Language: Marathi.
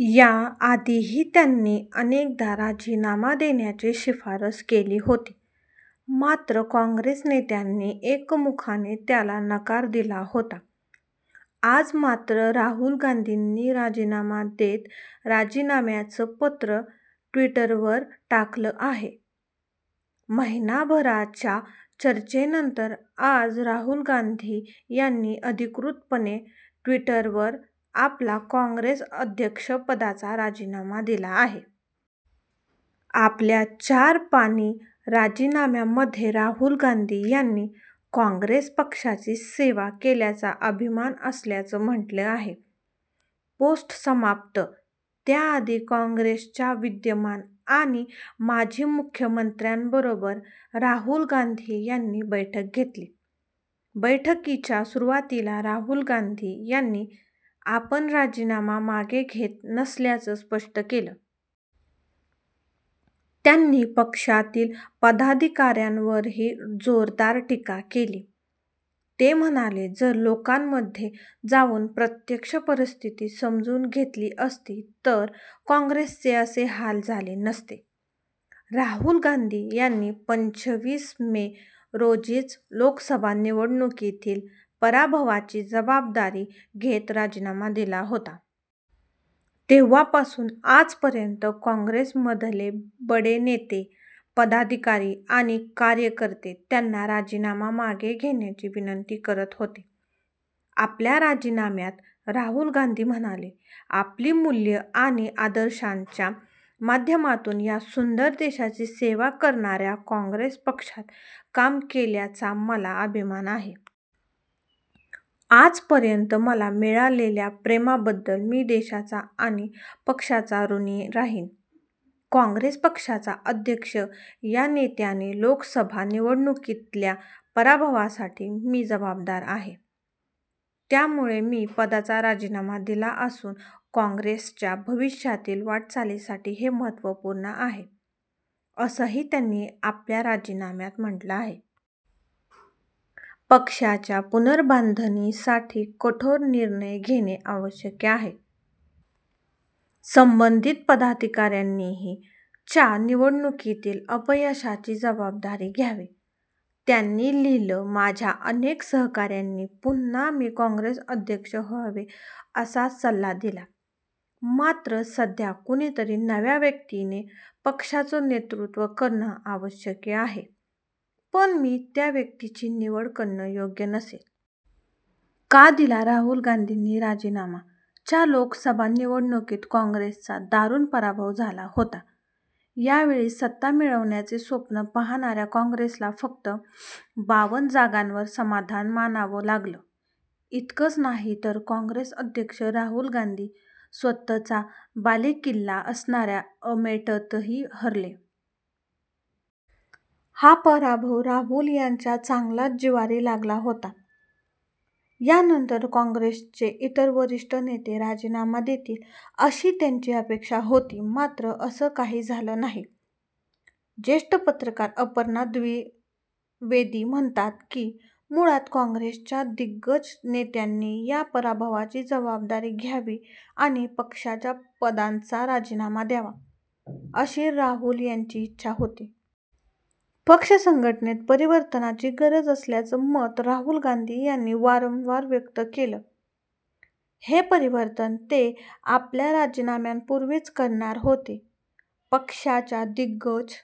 या आधीही त्यांनी अनेकदा राजीनामा देण्याची शिफारस केली होती. मात्र काँग्रेस नेत्यांनी एकमुखाने त्याला नकार दिला होता. आज मात्र राहुल गांधीनी राजीनामा देत राजीनाम्याचं पत्र ट्विटरवर टाकलं आहे. महिनाभराच्या चर्चेनंतर आज राहुल गांधी यांनी अधिकृतपणे ट्विटरवर आपला काँग्रेस अध्यक्षपदाचा राजीनामा दिला आहे. आपल्या चार पानी राजीनाम्यामध्ये राहुल गांधी यांनी काँग्रेस पक्षाची सेवा केल्याचा अभिमान असल्याचं म्हटलं आहे. पोस्ट समाप्त, त्याआधी, काँग्रेसच्या विद्यमान आणि माजी मुख्यमंत्र्यांबरोबर राहुल गांधी यांनी बैठक घेतली. बैठकीच्या सुरूवातीला राहुल गांधी यांनी आपण राजीनामा मागे घेत नसल्याचं स्पष्ट केलं. त्यांनी पक्षातील पदाधिकाऱ्यांवरही जोरदार टीका केली. ते म्हणाले जर लोकांमध्ये जाऊन प्रत्यक्ष परिस्थिती समजून घेतली असती तर काँग्रेसचे असे हाल झाले नसते. राहुल गांधी यांनी पंचवीस मे रोजीच लोकसभा निवडणुकीतील पराभवाची जबाबदारी घेत राजीनामा दिला होता. तेव्हापासून आजपर्यंत काँग्रेसमधले बडे नेते, पदाधिकारी आणि कार्यकर्ते त्यांना राजीनामा मागे घेण्याची विनंती करत होते. आपल्या राजीनाम्यात राहुल गांधी म्हणाले आपली मूल्यं आणि आदर्शांच्या माध्यमातून या सुंदर देशाची सेवा करणाऱ्या काँग्रेस पक्षात काम केल्याचा मला अभिमान आहे. आजपर्यंत मला मिळालेल्या प्रेमाबद्दल मी देशाचा आणि पक्षाचा ऋणी राहीन. काँग्रेस पक्षाचा अध्यक्ष या नात्याने लोकसभा निवडणुकीतल्या पराभवासाठी मी जबाबदार आहे. त्यामुळे मी पदाचा राजीनामा दिला असून काँग्रेसच्या भविष्यातील वाटचालीसाठी हे महत्त्वपूर्ण आहे, असंही त्यांनी आपल्या राजीनाम्यात म्हटलं आहे. पक्षाच्या पुनर्बांधणीसाठी कठोर निर्णय घेणे आवश्यक आहे. संबंधित पदाधिकाऱ्यांनीही च्या निवडणुकीतील अपयशाची जबाबदारी घ्यावी. त्यांनी लिहिलं माझ्या अनेक सहकाऱ्यांनी पुन्हा मी काँग्रेस अध्यक्ष व्हावे असा सल्ला दिला. मात्र सध्या कुणीतरी नव्या व्यक्तीने पक्षाचं नेतृत्व करणं आवश्यक आहे, पण मी त्या व्यक्तीची निवड करणं योग्य नसेल. का दिला राहुल गांधींनी राजीनामा च्या लोकसभा निवडणुकीत काँग्रेसचा दारूण पराभव झाला होता. यावेळी सत्ता मिळवण्याचे स्वप्न पाहणाऱ्या काँग्रेसला फक्त बावन जागांवर समाधान मानावं लागलं. इतकंच नाही तर काँग्रेस अध्यक्ष राहुल गांधी स्वतःचा बालेकिल्ला असणाऱ्या अमेठीतही हरले. हा पराभव राहुल यांच्या चांगलाच जिव्हारी लागला होता. यानंतर काँग्रेसचे इतर वरिष्ठ नेते राजीनामा देतील अशी त्यांची अपेक्षा होती मात्र असं काही झालं नाही. जेष्ठ पत्रकार अपर्णा द्विवेदी म्हणतात की, मुळात काँग्रेसच्या दिग्गज नेत्यांनी या पराभवाची जबाबदारी घ्यावी आणि पक्षाच्या पदांचा राजीनामा द्यावा, अशी राहुल यांची इच्छा होती. पक्ष संघटनेत परिवर्तनाची गरज असल्याचं मत राहूल गांधी यांनी वारंवार व्यक्त केलं. हे परिवर्तन ते आपल्या राजीनाम्यापूर्वीच करणार होते. पक्षाच्या दिग्गज